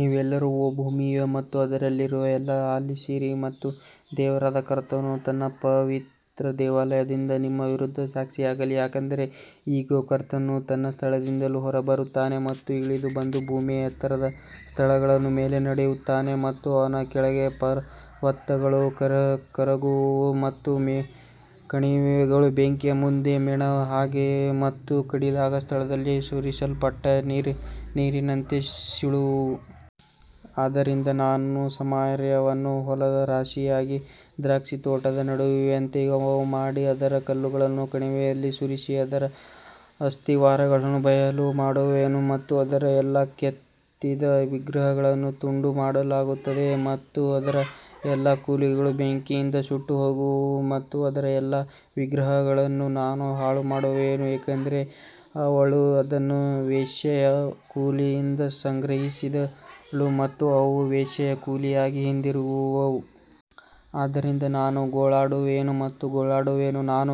ನೀವೆಲ್ಲರೂ ಓ ಭೂಮಿಯೇ ಮತ್ತು ಅದರಲ್ಲಿರುವ ಎಲ್ಲವನ್ನೂ ಆಲಿಸಿರಿ ಮತ್ತು ದೇವರಾದ ಕರ್ತನು ತನ್ನ ಪವಿತ್ರ ದೇವಾಲಯದಿಂದ ನಿಮ್ಮ ವಿರುದ್ಧ ಸಾಕ್ಷಿಯಾಗಲಿ ಯಾಕಂದರೆ ಇಗೋ, ಕರ್ತನು ತನ್ನ ಸ್ಥಳದಿಂದ ಹೊರಬರುತ್ತಾನೆ ಮತ್ತು ಇಳಿದು ಬಂದು ಭೂಮಿಯ ಎತ್ತರದ ಸ್ಥಳಗಳ ಮೇಲೆ ನಡೆಯುತ್ತಾನೆ ಮತ್ತು ಅವನ ಕೆಳಗೆ ಪರ್ವತಗಳು ಕರಗುವವು ಮತ್ತು ಕಣಿವೆಗಳು ಬೆಂಕಿಯ ಮುಂದೆ ಮೇಣದ ಹಾಗೆ ಮತ್ತು ಕಡಿದಾದ ಸ್ಥಳದಲ್ಲಿ ಸುರಿಸಲ್ಪಟ್ಟ ನೀರಿನಂತೆ ಸೀಳುವವು. ಆದದರಿಂದ ನಾನು ಸಮಾರ್ಯವನ್ನು ಹೊಲದ ರಾಶಿಯಾಗಿಯೂ ದ್ರಾಕ್ಷಿತೋಟದ ನೆಡುವಿಕೆಯಂತೆಯೂ ಮಾಡಿ ಅದರ ಕಲ್ಲುಗಳನ್ನು ಕಣಿವೆಯಲ್ಲಿ ಸುರಿಸಿ ಅದರ ಅಸ್ತಿವಾರಗಳನ್ನು ಬಯಲುಮಾಡುವೆನು. ಮತ್ತು ಅದರ ಎಲ್ಲಾ ಕೆತ್ತಿದ ವಿಗ್ರಹಗಳನ್ನು ತುಂಡುಮಾಡಲಾಗುತ್ತದೆ ಮತ್ತು ಅದರ ಎಲ್ಲಾ ಕೂಲಿಗಳು ಬೆಂಕಿಯಿಂದ ಸುಟ್ಟುಹೋಗುವವು ಮತ್ತು ಅದರ ಎಲ್ಲಾ ವಿಗ್ರಹಗಳನ್ನು ನಾನು ಹಾಳುಮಾಡುವೆನು ಏಕೆಂದರೆ ಅವಳು ಅದನ್ನು ವೇಶ್ಯೆಯ ಕೂಲಿಯಿಂದ ಸಂಗ್ರಹಿಸಿದಳು ಮತ್ತು ಅವು ವೇಶ್ಯೆಯ ಕೂಲಿಯಾಗಿ ಹಿಂದಿರುಗುವವು. ಆದದರಿಂದ ನಾನು ಗೋಳಾಡುವೆನು ಮತ್ತು ಗೋಳಾಡುವೆನು, ನಾನು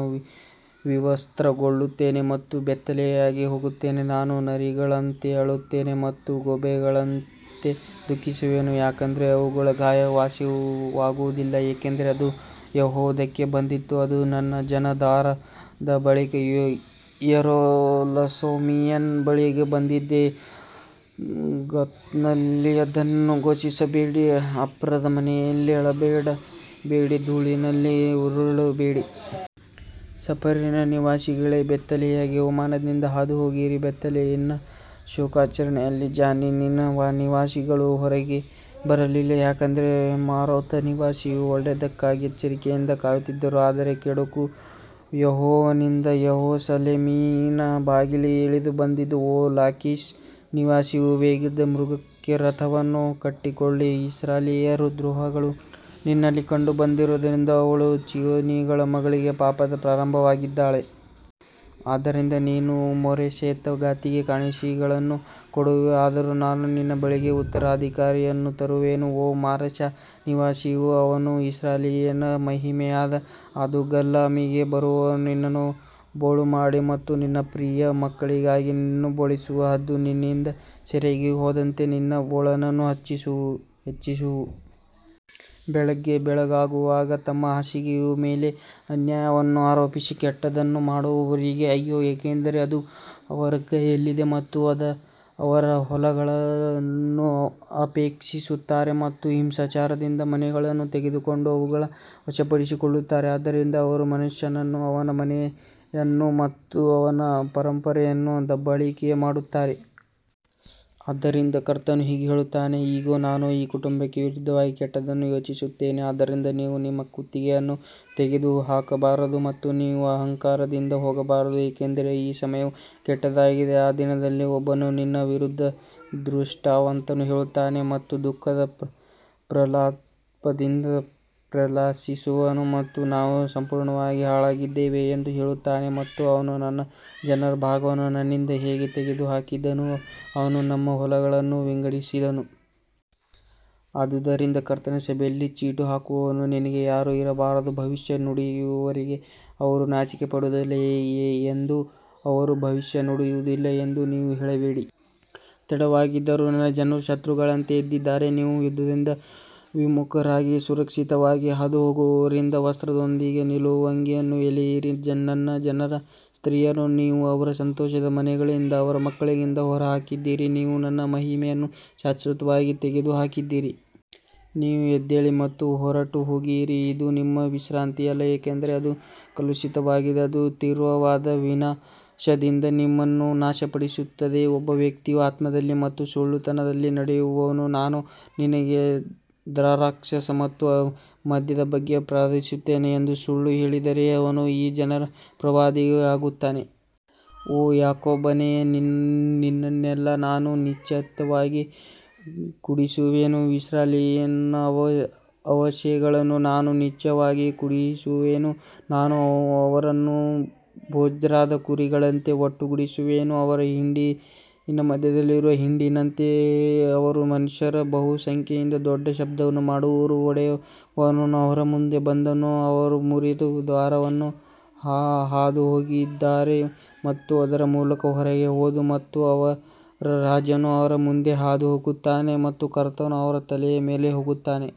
ವಿವಸ್ತ್ರಗೊಳ್ಳುತ್ತೇನೆ ಮತ್ತು ಬೆತ್ತಲೆಯಾಗಿ ಹೋಗುತ್ತೇನೆ, ನಾನು ನರಿಗಳಂತೆ ಅಳುತ್ತೇನೆ ಮತ್ತು ಗೂಬೆಗಳಂತೆ ದುಃಖಿಸುವೆನು, ಯಾಕಂದರೆ ಅವಳ ಗಾಯವು ವಾಸಿಯಾಗುವುದಿಲ್ಲ, ಏಕೆಂದರೆ ಅದು ಯೆಹೂದಕ್ಕೆ ಬಂದಿತು, ಅದು ನನ್ನ ಜನರ ದ್ವಾರದ ಬಳಿಗೆ, ಯೆರೂಸಲೇಮಿನ ಬಳಿಗೆ ಬಂದಿದೆ. ಗತ್ನಲ್ಲಿ ಅದನ್ನು ಘೋಷಿಸಬೇಡಿ, ಅಫ್ರದ ಮನೆಯಲ್ಲಿ ಅಳಬೇಡಿ, ಧೂಳಿನಲ್ಲಿ ಉರುಳಬೇಡಿ. ಸಫೀರಿನ ನಿವಾಸಿಗಳೇ, ಬೆತ್ತಲೆಯಾಗಿ ಅವಮಾನದಿಂದ ಹಾದುಹೋಗಿರಿ, ಬೆತ್ತೇಜಲಿನ ಶೋಕಾಚರಣೆಯಲ್ಲಿ ಜಾನಾನಿನ ನಿವಾಸಿಗಳು ಹೊರಗೆ ಬರಲಿಲ್ಲ. ಯಾಕಂದರೆ ಮಾರೋತ್ ನಿವಾಸಿಯು ಒಳ್ಳೆಯದಕ್ಕಾಗಿ ಎಚ್ಚರಿಕೆಯಿಂದ ಕಾಯುತ್ತಿದ್ದನು, ಆದರೆ ಕೆಡುಕು ಯೆಹೋವನಿಂದ ಯೆರೂಸಲೇಮಿನ ಬಾಗಿಲಿಗೆ ಇಳಿದು ಬಂದಿತು. ಓ ಲಾಕಿಷ್ ನಿವಾಸಿಯೇ, ವೇಗದ ಮೃಗಕ್ಕೆ ರಥವನ್ನು ಕಟ್ಟಿಕೊಳ್ಳಿ, ಇಸ್ರಾಯೇಲ್ಯರ ದ್ರೋಹಗಳು ನಿನ್ನಲ್ಲಿ ಕಂಡುಬಂದಿದ್ದರಿಂದ ಅವಳು ಚೀಯೋನಿನ ಮಗಳಿಗೆ ಪಾಪದ ಪ್ರಾರಂಭವಾಗಿದ್ದಾಳೆ. ಆದದರಿಂದ ನೀನು ಮೋರೆಶೆತ್ ಗಾತಿಗೆ ಕಾಣಿಕೆಗಳನ್ನು ಕೊಡುವಿ, ಆದರೂ ನಾನು ನಿನ್ನ ಬಳಿಗೆ ಉತ್ತರಾಧಿಕಾರಿಯನ್ನು ತರುವೆನು, ಓ ಮಾರೇಷಾ ನಿವಾಸಿಯೇ, ಅವನು ಇಸ್ರಾಯೇಲಿನ ಮಹಿಮೆಯಾದ ಅದುಲ್ಲಾಮಿಗೆ ಬರುವನು. ನಿನ್ನನ್ನು ಬೋಳುಮಾಡಿ ಮತ್ತು ನಿನ್ನ ಪ್ರಿಯ ಮಕ್ಕಳಿಗಾಗಿ ನಿನ್ನನ್ನು ಬೋಳಿಸು, ಹದ್ದು ನಿನ್ನಿಂದ ಸೆರೆಗೆ ಹೋದಂತೆ ನಿನ್ನ ಬೋಳನ್ನು ಹೆಚ್ಚಿಸು. ಬೆಳಿಗ್ಗೆ ಬೆಳಗಾಗುವಾಗ ತಮ್ಮ ಹಾಸಿಗೆಯ ಮೇಲೆ ಅನ್ಯಾಯವನ್ನು ರೂಪಿಸಿ ಕೆಟ್ಟದ್ದನ್ನು ಮಾಡುವವರಿಗೆ ಅಯ್ಯೋ, ಏಕೆಂದರೆ ಅದು ಅವರ ಕೈಯಲ್ಲಿದೆ. ಮತ್ತು ಅವರು ಹೊಲಗಳನ್ನು ಅಪೇಕ್ಷಿಸುತ್ತಾರೆ ಮತ್ತು ಹಿಂಸಾಚಾರದಿಂದ ಮನೆಗಳನ್ನು ತೆಗೆದುಕೊಂಡು ಅವುಗಳನ್ನು ವಶಪಡಿಸಿಕೊಳ್ಳುತ್ತಾರೆ, ಆದ್ದರಿಂದ ಅವರು ಮನುಷ್ಯನನ್ನೂ ಅವನ ಮನೆಯನ್ನು ಮತ್ತು ಅವನ ಪರಂಪರೆಯನ್ನೂ ದಬ್ಬಾಳಿಕೆ ಮಾಡುತ್ತಾರೆ. ಆದದರಿಂದ ಕರ್ತನು ಹೀಗೆ ಹೇಳುತ್ತಾನೆ, ಇಗೋ, ನಾನು ಈ ಕುಟುಂಬಕ್ಕೆ ವಿರುದ್ಧವಾಗಿ ಕೆಟ್ಟದ್ದನ್ನು ಯೋಜಿಸುತ್ತೇನೆ, ಅದರಿಂದ ನೀವು ನಿಮ್ಮ ಕುತ್ತಿಗೆಯನ್ನು ತೆಗೆದುಹಾಕಬಾರದು ಮತ್ತು ನೀವು ಅಹಂಕಾರದಿಂದ ಹೋಗಬಾರದು, ಏಕೆಂದರೆ ಈ ಸಮಯವು ಕೆಟ್ಟದ್ದಾಗಿದೆ. ಆ ದಿನದಲ್ಲಿ ಒಬ್ಬನು ನಿನ್ನ ವಿರುದ್ಧ ದೃಷ್ಟಾಂತವನ್ನು ಹೇಳುತ್ತಾನೆ ಮತ್ತು ದುಃಖದ ಪ್ರಲಾಪದಿಂದ ಪ್ರಲಾಪಿಸುವನು ಮತ್ತು ನಾವು ಸಂಪೂರ್ಣವಾಗಿ ಹಾಳಾಗಿದ್ದೇವೆ ಎಂದು ಹೇಳುತ್ತಾನೆ ಮತ್ತು ಅವನು ನನ್ನ ಜನರ ಭಾಗವನ್ನು ನನ್ನಿಂದ ಹೇಗೆ ತೆಗೆದುಹಾಕಿದನು, ಅವನು ನಮ್ಮ ಹೊಲಗಳನ್ನು ವಿಂಗಡಿಸಿದನು. ಆದುದರಿಂದ ಕರ್ತನ ಸಭೆಯಲ್ಲಿ ಚೀಟು ಹಾಕುವವನು ನಿನಗೆ ಯಾರೂ ಇರಬಾರದು. ಭವಿಷ್ಯ ನುಡಿಯುವವರಿಗೆ ಅವರು ನಾಚಿಕೆಪಡುವುದಿಲ್ಲ ಎಂದು ಅವರು ಭವಿಷ್ಯ ನುಡಿಯುವುದಿಲ್ಲ ಎಂದು ನೀವು ಹೇಳಬೇಡಿ. ತಡವಾಗಿಯಾದರೂ ನನ್ನ ಜನರು ಶತ್ರುಗಳಂತೆ ಎದ್ದಿದ್ದಾರೆ, ನೀವು ಯುದ್ಧದಿಂದ ವಿಮುಖರಾಗಿ ಸುರಕ್ಷಿತವಾಗಿ ಹಾದುಹೋಗುವವರಿಂದ ವಸ್ತ್ರದೊಂದಿಗೆ ನಿಲುವಂಗಿಯನ್ನು ಎಳೆಯಿರಿ. ನನ್ನ ಜನರ ಸ್ತ್ರೀಯರನ್ನು ನೀವು ಅವರ ಸಂತೋಷದ ಮನೆಗಳಿಂದ, ಅವರ ಮಕ್ಕಳಿಂದ ಹೊರಹಾಕಿದ್ದೀರಿ, ನೀವು ನನ್ನ ಮಹಿಮೆಯನ್ನು ಶಾಶ್ವತವಾಗಿ ತೆಗೆದುಹಾಕಿದ್ದೀರಿ. ನೀವು ಎದ್ದೇಳಿ ಮತ್ತು ಹೊರಟುಹೋಗಿರಿ, ಇದು ನಿಮ್ಮ ವಿಶ್ರಾಂತಿಯಲ್ಲ, ಏಕೆಂದರೆ ಅದು ಕಲುಷಿತವಾಗಿದೆ, ಅದು ತೀವ್ರವಾದ ವಿನಾಶದಿಂದ ನಿಮ್ಮನ್ನು ನಾಶಪಡಿಸುತ್ತದೆ. ಒಬ್ಬ ವ್ಯಕ್ತಿಯು ಆತ್ಮದಲ್ಲಿ ಮತ್ತು ಸುಳ್ಳುತನದಲ್ಲಿ ನಡೆಯುವವನು, ನಾನು ನಿನಗೆ ದ್ರಾಕ್ಷಾರಸ ಮತ್ತು ಮದ್ಯದ ಬಗ್ಗೆ ಪ್ರವಾದಿಸುತ್ತೇನೆ ಎಂದು ಸುಳ್ಳು ಹೇಳಿದರೆ, ಅವನು ಈ ಜನರ ಪ್ರವಾದಿಯಾಗುತ್ತಾನೆ. ಓ ಯಾಕೋಬನೇ, ನಿನ್ನನ್ನೆಲ್ಲ ನಾನು ನಿಶ್ಚಯವಾಗಿ ಕೂಡಿಸುವೆನು, ಇಸ್ರಾಯೇಲಿನ ಅವಶೇಷಗಳನ್ನು ನಾನು ನಿಶ್ಚಯವಾಗಿ ಕೂಡಿಸುವೆನು, ನಾನು ಅವರನ್ನು ಬೊಜ್ರಾದ ಕುರಿಗಳಂತೆ ಒಟ್ಟುಗೂಡಿಸುವೆನು, ಅವರ ಹಿಂಡಿನ ಮಧ್ಯದಲ್ಲಿರುವ ಹಿಂಡಿನಂತೆ ಅವರು ಮನುಷ್ಯರ ಬಹುಸಂಖ್ಯೆಯಿಂದ ದೊಡ್ಡ ಶಬ್ದವನ್ನು ಮಾಡುವರು. ಒಡೆಯುವವನು ಅವರ ಮುಂದೆ ಬಂದನು, ಅವರು ಮುರಿದು ದ್ವಾರವನ್ನು ಹಾದು ಹೋಗಿದ್ದಾರೆ ಮತ್ತು ಅದರ ಮೂಲಕ ಹೊರಗೆ ಹೋದರು ಮತ್ತು ಅವರ ರಾಜನು ಅವರ ಮುಂದೆ ಹಾದು ಹೋಗುತ್ತಾನೆ ಮತ್ತು ಕರ್ತನು ಅವರ ತಲೆಯ ಮೇಲೆ ಹೋಗುತ್ತಾನೆ.